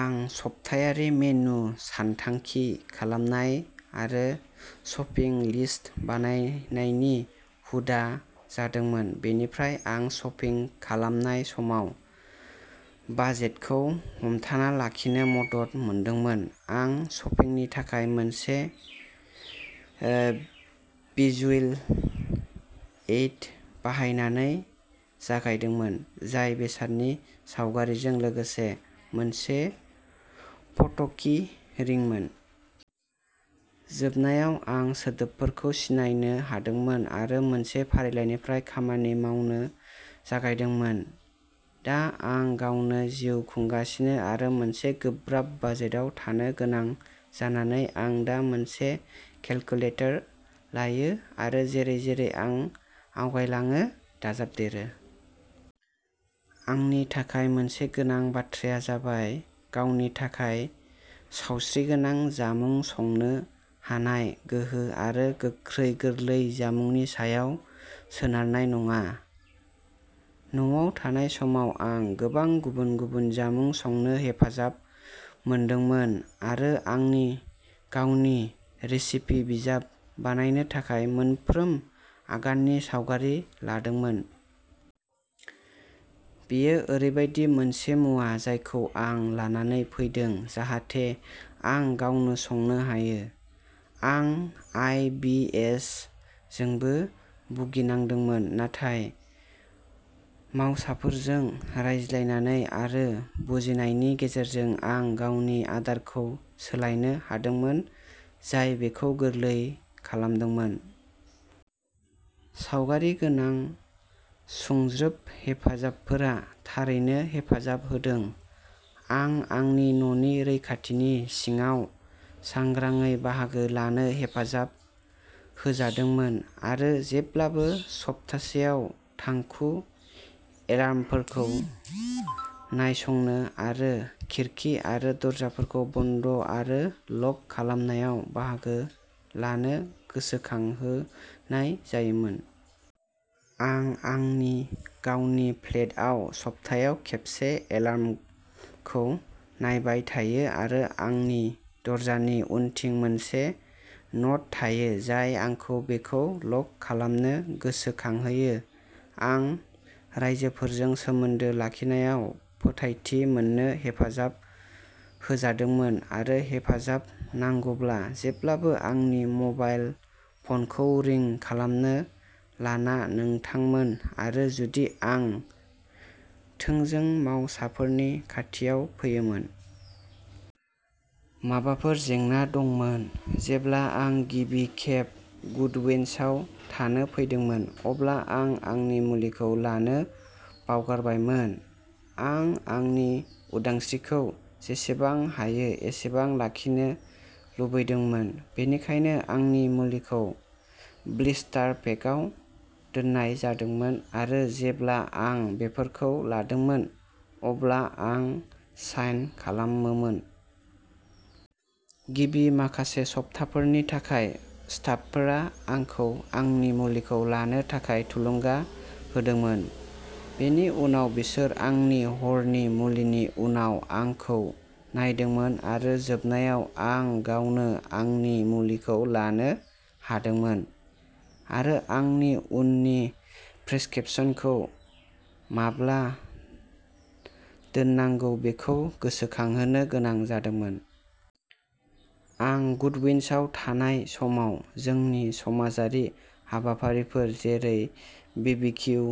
आं सप्तायारि मेनु सानथांखि खालामनाय आरो शपिं लिस्ट बानायनायनि हुदा जादोंमोन। बेनिफ्राय आं शपिं खालामनाय समाव बाजेटखौ हमथाना लाखिनो मदद मोनदोंमोन। आं शपिंनि थाखाय मोनसे ओ भिजुएल एइड बाहायनानै जागायदोंमोन, जाय बेसादनि सावगारिजों लोगोसे मोनसे फट'की रिंमोन। जोबनायाव आं सोदोबफोरखौ सिनायनो हादोंमोन आरो मोनसे फारिलाइनिफ्राय खामानि मावनो जागायदोंमोन। दा आं गावनो जिउ खुंगासिनो आरो मोनसे गोब्राब बाजेटआव थानो गोनां जानानै आं दा मोनसे केलकुलेटर लायो आरो जेरै-जेरै आं आवगायलाङो, दाजाबदेरो। आंनि थाखाय मोनसे गोनां बाथ्राया जाबाय गावनि थाखाय सावस्रिगोनां जामुं संनो हानाय गोहो आरो गोख्रै गोरलै जामुंनि सायाव सोनारनाय नङा। न'आव थानाय समाव आं गोबां गुबुन-गुबुन जामुं संनो हेफाजाब मोनदोंमोन आरो आंनि गावनि रेसिपि बिजाब बानायनो थाखाय मोनफ्रोम आगाननि सावगारि लादोंमोन। बेयो ओरैबायदि मोनसे मुवा जायखौ आं लानानै फैदों जाहाथे आं गावनो संनो हायो। आं आइ. बि. एस. जोंबो भुगिनांदोंमोन, नाथाय मावसाफोरजों रायज्लायनानै आरो बुजिनायनि गेजेरजों आं गावनि आदारखौ सोलायनो हादोंमोन, जाय बेखौ गोरलै खालामदोंमोन। सावगारि गोनां सुंज्रोब हेफाजाबफोरा थारैनो हेफाजाब होदों। आं आंनि न'नि रैखाथिनि सिङाव सांग्राङै बाहागो लानो हेफाजाब होजादोंमोन आरो जेब्लाबो सप्तासेयाव थांखु एलार्मफोरखौ नायसंनो आरो खिरखि आरो दरजाफोरखौ बन्द आरो लक खालामनायाव बाहागो लानो गोसोखांहोनाय जायोमोन। आं आंनि गावनि फ्लेटआव सप्तायाव खेबसे एलार्मखौ नायबाय थायो आरो आंनि दरजानि उनथिं मोनसे न'ट थायो, जाय आंखौ बेखौ लक खालामनो गोसोखांहोयो। आं राइजोफोरजों सोमोन्दो लाखिनायाव फोथायथि मोननो हेफाजाब होजादोंमोन आरो हेफाजाब नांगौब्ला जेब्लाबो आंनि मबाइल फ'नखौ रिं खालामनो लाना नोंथांमोन आरो जुदि आं थोंजों मावसाफोरनि खाथियाव फैयोमोन। माबाफोर जेंना दंमोन। जेब्ला आं गिबि खेब गुडविन्सआव थानो फैदोंमोन, अब्ला आं आंनि मुलिखौ लानो बावगारबायमोन। आं आंनि उदांस्रिखौ जेसेबां हायो एसेबां लाखिनो लुबैदोंमोन, बेनिखायनो आंनि मुलिखौ ब्लिस्टार पेकआव दोननाय जादोंमोन आरो जेब्ला आं बेफोरखौ लादोंमोन अब्ला आं साइन खालामोमोन। गिबि माखासे सप्ताफोरनि थाखाय स्टाफफोरा आंखौ आंनि मुलिखौ लानो थाखाय थुलुंगा होदोंमोन, बेनि उनाव बिसोर आंनि हरनि मुलिनि उनाव आंखौ नायदोंमोन आरो जोबनायाव आं गावनो आंनि मुलिखौ लानो हादोंमोन आरो आंनि उननि प्रिस्क्रिप्शनखौ माब्ला दोननांगौ बेखौ गोसोखांहोनो गोनां जादोंमोन। आं गुडविन्सआव थानाय समाव जोंनि समाजारि हाबाफारिफोर जेरै बिबिकिउ,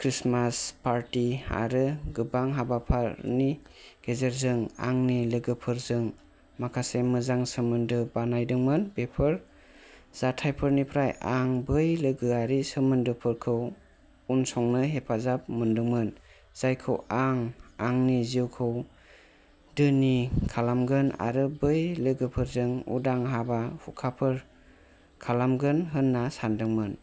क्रिसमास पार्टी आरो गोबां हाबाफोरनि गेजेरजों आंनि लोगोफोरजों माखासे मोजां सोमोन्दो बानायदोंमोन। बेफोर जाथायफोरनिफ्राय आं बै लोगोआरि सोमोन्दोफोरखौ उनसंनो हेफाजाब मोनदोंमोन, जायखौ आं आंनि जिउखौ धोनि खालामगोन आरो बै लोगोफोरजों उदां हाबा-हुखाफोर खालामगोन होन्ना सान्दोंमोन।